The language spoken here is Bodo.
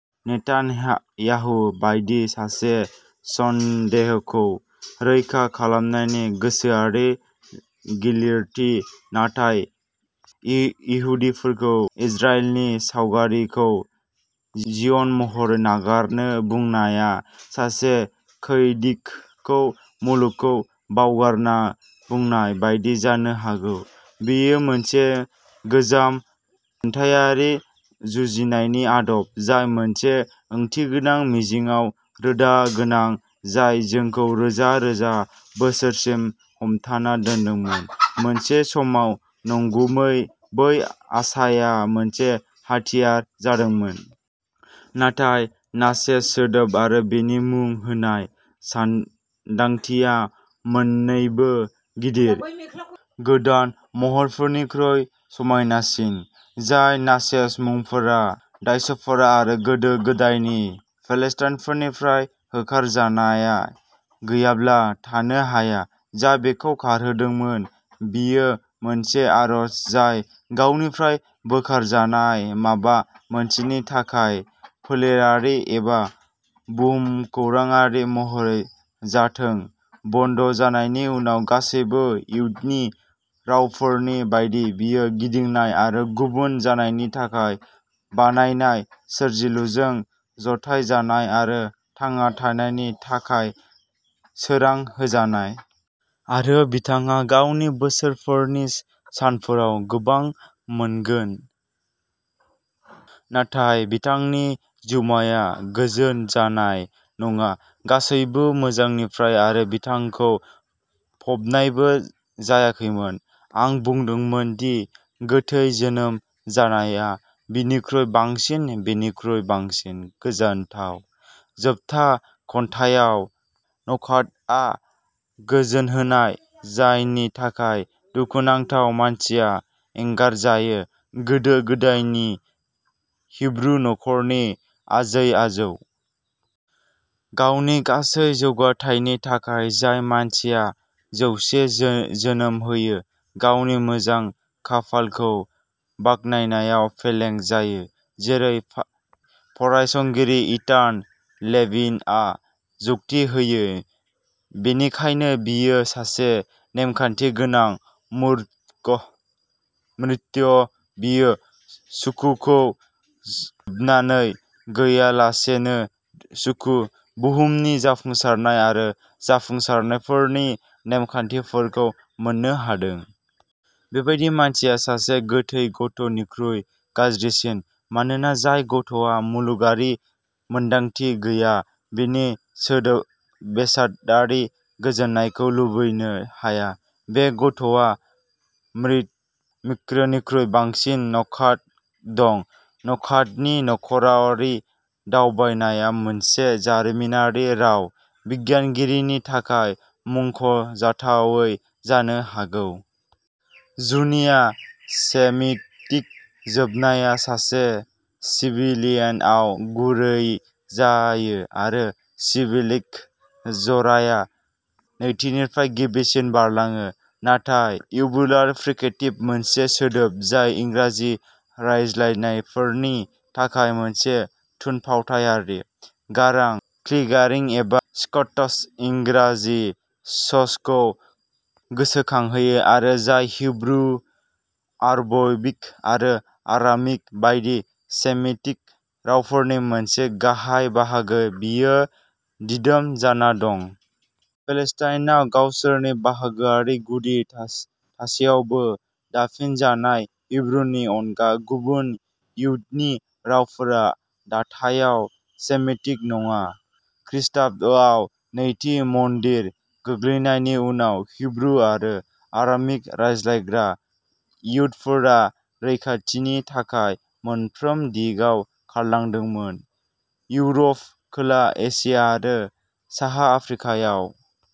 नेतान्याहु बायदि सासे स'न्डेखौ रैखा खालामनायनि गोसोआरि गिलिरथि। नाथाय इहुदिफोरखौ इजराइलनि सावगारिखौ जिय'न महरै नागारनो बुंनाया सासे खैदीखौ मुलुगखौ बावगारनो बुंनाय बायदि जानो हागौ। बेयो मोनसे गोजाम, उनमोनथायारि जुजिनायनि आदब, जाय मोनसे ओंथिगोनां मिजिंआव रोदा गोनां, जाय जोंखौ रोजा-रोजा बोसोरसिम हमथाना दोनदोंमोन; मोनसे समाव नंगुबै, बै आसाया मोनसे हाथियार जादोंमोन। नाथाय नाचेस सोदोब आरो बेनि मुं होनाय सानदांथिया मोन्नैबो गिदिर, गुबुन आरो बिसोरनि गोदान महरफोरनिख्रुइ समायनासिन। जाय नाचेस मुंफोरा डायस्प'रा आरो गोदो-गोदायनि पेलेस्टाइननिफ्राय होखारजानाय गैयाब्ला थानो हाया, जाय बेखौ खारहोदोंमोन। बेयो मोनसे आरज जाय गावनिफ्राय बोखारजानाय माबा मोनसेनि थाखाय, फोलेरारि एबा भुमखौराङारि महरै जाथों; बनद'जानायनि उनाव गासैबो इहुदि रावफोर बायदि, बेयो गिदिंनाय आरो गुबुन जानायनि थाखाय बानायनाय, सोरजिलुजों जथायजानाय आरो थांना थानायनि थाखाय सोरां होजानाय। आरो बिथाङा गावनि बोसोरफोरनि सानफोराव गोबां मोनगोन, नाथाय बिथांनि जिउमाया गोजोन जानाय नङा। गासैबो मोजांनिफ्राय, आरो बिथांखौ फबनायबो जायाखैमोन। आं बुंदोंमोन दि गोथै जोनोम जानाया बिनिख्रुइ साबसिन. बेनिख्रुइ बांसिन गोजोनथाव। जोबथा खन्थाइआव, नखातआ "गोजोनहोनाय" जायनि थाखाय दुखुनांथाव मानसिया एंगारजायो, गोदो गोदायनि हिब्रु नख'रनि आजै-आजौ। गावनि गासै जौगाथायनि थाखाय, जाय मानसिया "जौसे जोनोम होयो" गावनि मोजां खाफालखौ बाख्नायनायाव फेलें जायो। जेरै फरायसंगिरि एतान लेभिनआ जुक्ति होयो, बेनिखायनो बियो सासे "नेमखान्थि गोनां मूर्ख": बियो सुखुखौ सोबनानै गैयालासेनो सुखु, बुहुमनि जाफुंसारनाय आरो जाफुंसारनायफोरनि नेमखान्थिफोरखौ मोननो हादों। बेबादि मानसिया "सासे गोथै गथ'" निख्रुइ गाज्रिसिन, मानोना जाय गथ'आ मुलुगारि मोन्दांथि गैया बियो बेसादारि गोजोननायखौ लुबैनो हाया; बे गथ'आ मूर्खनिख्रुइ बांसिन नखात दं। नखातनि नख'रावारि दावबायनाया मोनसे जारिमिनारि राव बिगियानगिरिनि थाखाय मुंख'जाथावै जानो हागौ। जुनिया सेमिटिक जोबनाया सासे सिबिलेन्टआव गुरै जायो आरो सिलेबिक जराया नैथिनिफ्राय गिबिसिम बारलाङो। नाथाय। इउभुलार फ्रिकेटिभ, मोनसे सोदोब जाय इंराजि रायज्लायग्राफोरनि थाखाय मोनसे थुनफावथायारि गारां-क्लियारिं एबा स्कट्स-इंराजि ल'चखौ गोसोखांहोयो आरो जाय हिब्रु, आरबिक आरो आरामिक बायदि सेमिटिक रावफोरनि मोनसे गाहाय बाहागो, बेयो दिदोम जाना दं। पेलेस्टाइनआव गावसोरनि बाहागोआरि गुदि थासेयावबो, दाफिनजानाय हिब्रुनि अनगा गुबुन इहुदि रावफोरा दाथायाव सेमिटिक नङा। खृष्टाब्दआव नैथि मन्दिर गोग्लैनायनि उनाव, हिब्रु-आरो आरामिक रायज्लायग्रा इहुदिफोरा रैखाथिनि थाखाय मोनफ्रोम दिगाव खारलांदोंमोन, इउर'प, खोला एसिया आरो साहा आफ्रिकायाव।